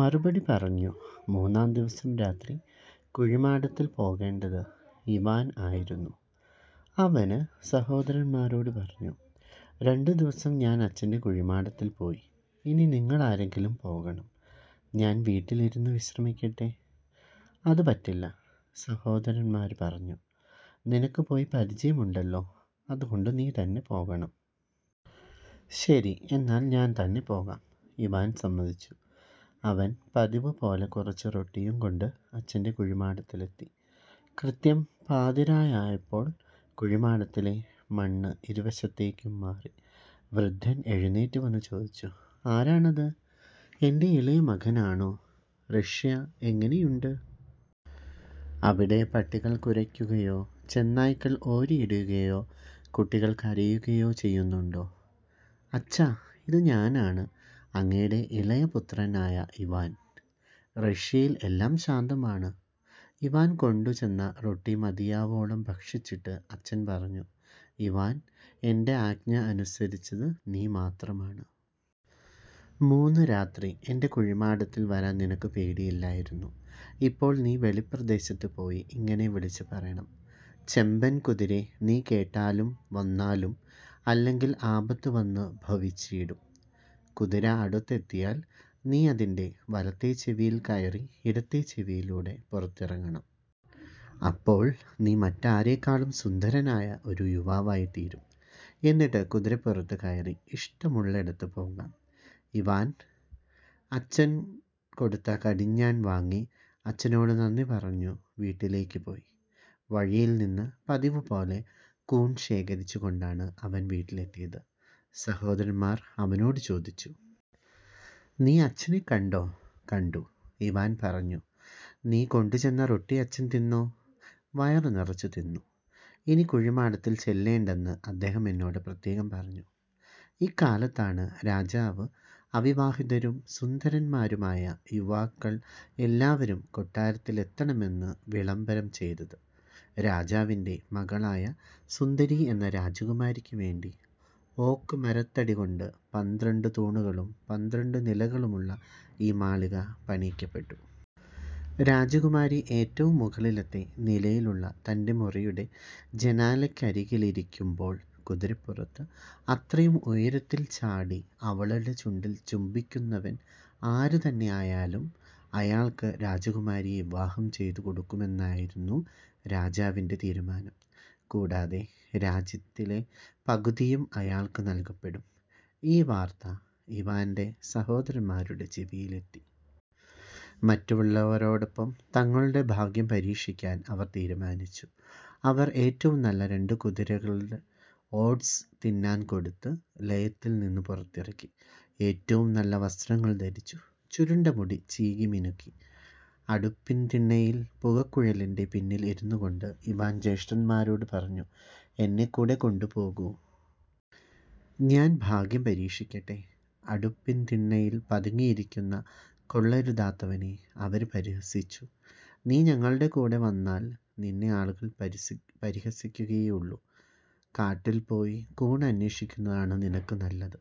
മറുപടി പറഞ്ഞു. മൂന്നാം ദിവസം രാത്രി കുഴിമാടത്തില് പോകേണ്ടത് ഇവാന് ആയിരുന്നു. അവന് സഹോദരന്മാരോട് പറഞ്ഞു. "രണ്ടു ദിവസം ഞാന് അച്ഛന്റെ കുഴിമാടത്തില് പോയി. ഇനി നിങ്ങളാരെങ്കിലും പോകണം. ഞാന് വീട്ടിലിരുന്ന് വിശ്രമിക്കട്ടെ! " "അത് പറ്റില്ല, " സഹോദരന്മാര് പറഞ്ഞു. "നിനക്കു പോയി പരിചയമുണ്ടല്ലോ, അത്കൊണ്ട് നീ തന്നെ പോകണം. " "ശരി, എന്നാല് ഞാന് തന്നെ പോകാം. " ഇവാന് സമ്മതിച്ചു. അവൻ പതിവ് പോലെ കുറച്ചു റൊട്ടിയും കൊണ്ട് അച്ഛന്റെ കുഴിമാടത്തിലെത്തി. കൃത്യം പാതിരായായപ്പോൾ കുഴിമാടത്തിലെ മണ്ണ് ഇരുവശത്തേയ്ക്കും മാറി. വൃദ്ധന് എഴുന്നേറ്റ് വന്ന് ചോദിച്ചു. "ആരാണത്? എന്റെ ഇളയ മകനാണോ? റഷ്യ എങ്ങിനെയുണ്ട്? അവിടെ പട്ടികള് കുരയ്ക്കുകയോ, ചെന്നായ്ക്കള് ഓരിയിടുകയോ, കുട്ടികള് കരയുകയോ ചെയ്യുന്നുണ്ടോ? " "അച്ഛാ, ഇത് ഞാനാണ്, അങ്ങയുടെ ഇളയ പുത്രനായ ഇവാൻ.. റഷ്യയില് എല്ലാം ശാന്തമാണ്" ഇവാന് കൊണ്ട് ചെന്ന റൊട്ടി മതിയാവോളം ഭക്ഷിച്ചിട്ട് അച്ഛന് പറഞ്ഞു. "ഇവാൻ, എന്റെ ആജ്ഞ അനുസരിച്ചത് നീ മാത്രമാണ്. മൂന്ന് രാത്രി എന്റെ കുഴിമാടത്തില് വരാൻ നിനക്കു പേടിയില്ലായിരുന്നു. ഇപ്പോള് നീ വെളിപ്രദേശത്ത് പോയി ഇങ്ങനെ വിളിച്ച് പറയണം. "ചെമ്പൻ കുതിരെ, നീ കേട്ടാലും, വന്നാലും. അല്ലെങ്കില് ആപത്ത് വന്നു ഭവിച്ചീടും! " കുതിര അടുത്തെത്തിയാല് നീ അതിന്റെ വലത്തെ ചെവിയില് കയറി ഇടത്തെ ചെവിയിലൂടെ പുറത്തിറങ്ങണം. അപ്പോള് നീ മറ്റാരേക്കാളും സുന്ദരനായ ഒരു യുവാവായിത്തീരും. എന്നിട്ട് കുതിരപ്പുറത്ത് കയറി ഇഷ്ടമുള്ളിടത്ത് പോകാം. " ഇവാൻ അച്ഛന് കൊടുത്ത കടിഞ്ഞാണ് വാങ്ങി അഃച്ഛനോട് നന്ദി പറഞ്ഞു വീട്ടിലേയ്ക്ക് പോയി. വഴിയില് നിന്ന് പതിവ് പോലെ കൂണ് ശേഖരിച്ച് കൊണ്ടാണ് അവൻ വീട്ടിലെത്തിയത്. സഹോദരന്മാര് അവനോടു ചോദിച്ചു. "നീ അച്ഛനെ കണ്ടോ"? "കണ്ടു" ഇവാൻ പറഞ്ഞു. "നീ കൊണ്ടുചെന്ന റൊട്ടി അച്ഛൻ തിന്നോ? " "വയറ് നിറച്ചു തിന്നു. ഇനി കുഴിമാടത്തില് ചെല്ലേണ്ടെന്ന് അദ്ദേഹം എന്നോട് പ്രത്യേകം പറഞ്ഞു. " ഇക്കാലത്താണ് രാജാവ് അവിവാഹിതരും സുന്ദരന്മാരുമായ യുവാക്കൾ എല്ലാവരും കൊട്ടാരത്തിലെത്തണമെന്ന് വിളംബരം ചെയ്തത്. രാജാവിന്റെ മകളായ സുന്ദരി എന്ന രാജകുമാരിക്കുവേണ്ടി ഓക്ക് മരത്തടി കൊണ്ട് പന്ത്രണ്ടു തൂണുകളും പന്ത്രണ്ടു നിലകളുമുള്ള ഈ മാളിക പണിയിക്കപ്പെട്ടു. രാജകുമാരി ഏറ്റവും മുകളിലത്തെ നിലയിലുള്ള തന്റെ മുറിയുടെ ജനാലയ്ക്കരികിലിരിക്കുമ്പോള് കുതിരപ്പുറത്ത് അത്രയും ഉയരത്തില് ചാടി അവളുടെ ചുണ്ടില് ചുംബിക്കുന്നവന് ആര് തന്നെ ആയാലും അയാൾക്ക് രാജകുമാറിയെ വിവാഹം ചെയ്തു കൊടുക്കുമെന്നായിരുന്നു രാജാവിന്റെ തീരുമാനം. കൂടാതെ രാജ്യത്തിൽ പകുതിയും അയാൾക്ക് നൽകപ്പെടും. ഈ വാർത്ത ഇവാന്റെ സഹോദരന്മാരുടെ ചെവിയിലെത്തി. മറ്റുള്ളവരോടൊപ്പം തങ്ങളുടെ ഭാഗ്യം പരീക്ഷിക്കാൻ അവർ തീരുമാനിച്ചു. അവർ ഏറ്റവും നല്ല രണ്ടു കുതിരകളുടെ ഓട്സ് തിന്നാൻ കൊടുത്ത് ലയത്തിൽ നിന്ന് പുറത്തിറക്കി. ഏറ്റവും നല്ല വസ്ത്രങ്ങൾ ധരിച്ചു. ചുരുണ്ട മുടി ചീകി മിനുക്കി. അടുപ്പിന്തിണ്ണയിൽ പുകക്കുഴലിന്റെ പിന്നിൽ ഇരുന്നുകൊണ്ട് ഇവാൻ ജ്യേഷ്ഠന്മാരോട് പറഞ്ഞു. "എന്നെക്കൂടെ കൊണ്ട് പോകൂ. ഞാൻ ഭാഗ്യം പരീക്ഷിക്കട്ടെ! " "അടുപ്പിന്തിണ്ണയില് പതുങ്ങിയിരിക്കുന്ന കൊള്ളരുതാത്തവനെ, " അവര് പരിഹസിച്ചു. "നീ ഞങ്ങളുടെ കൂടെ വന്നാല് നിന്നെ ആളുകള് പരിഹസിക്കുകയെയുള്ളൂ. കാട്ടിൽപോയി കൂണ് അന്വേഷിക്കുന്നതാണ് നിനക്കു നല്ലത്"।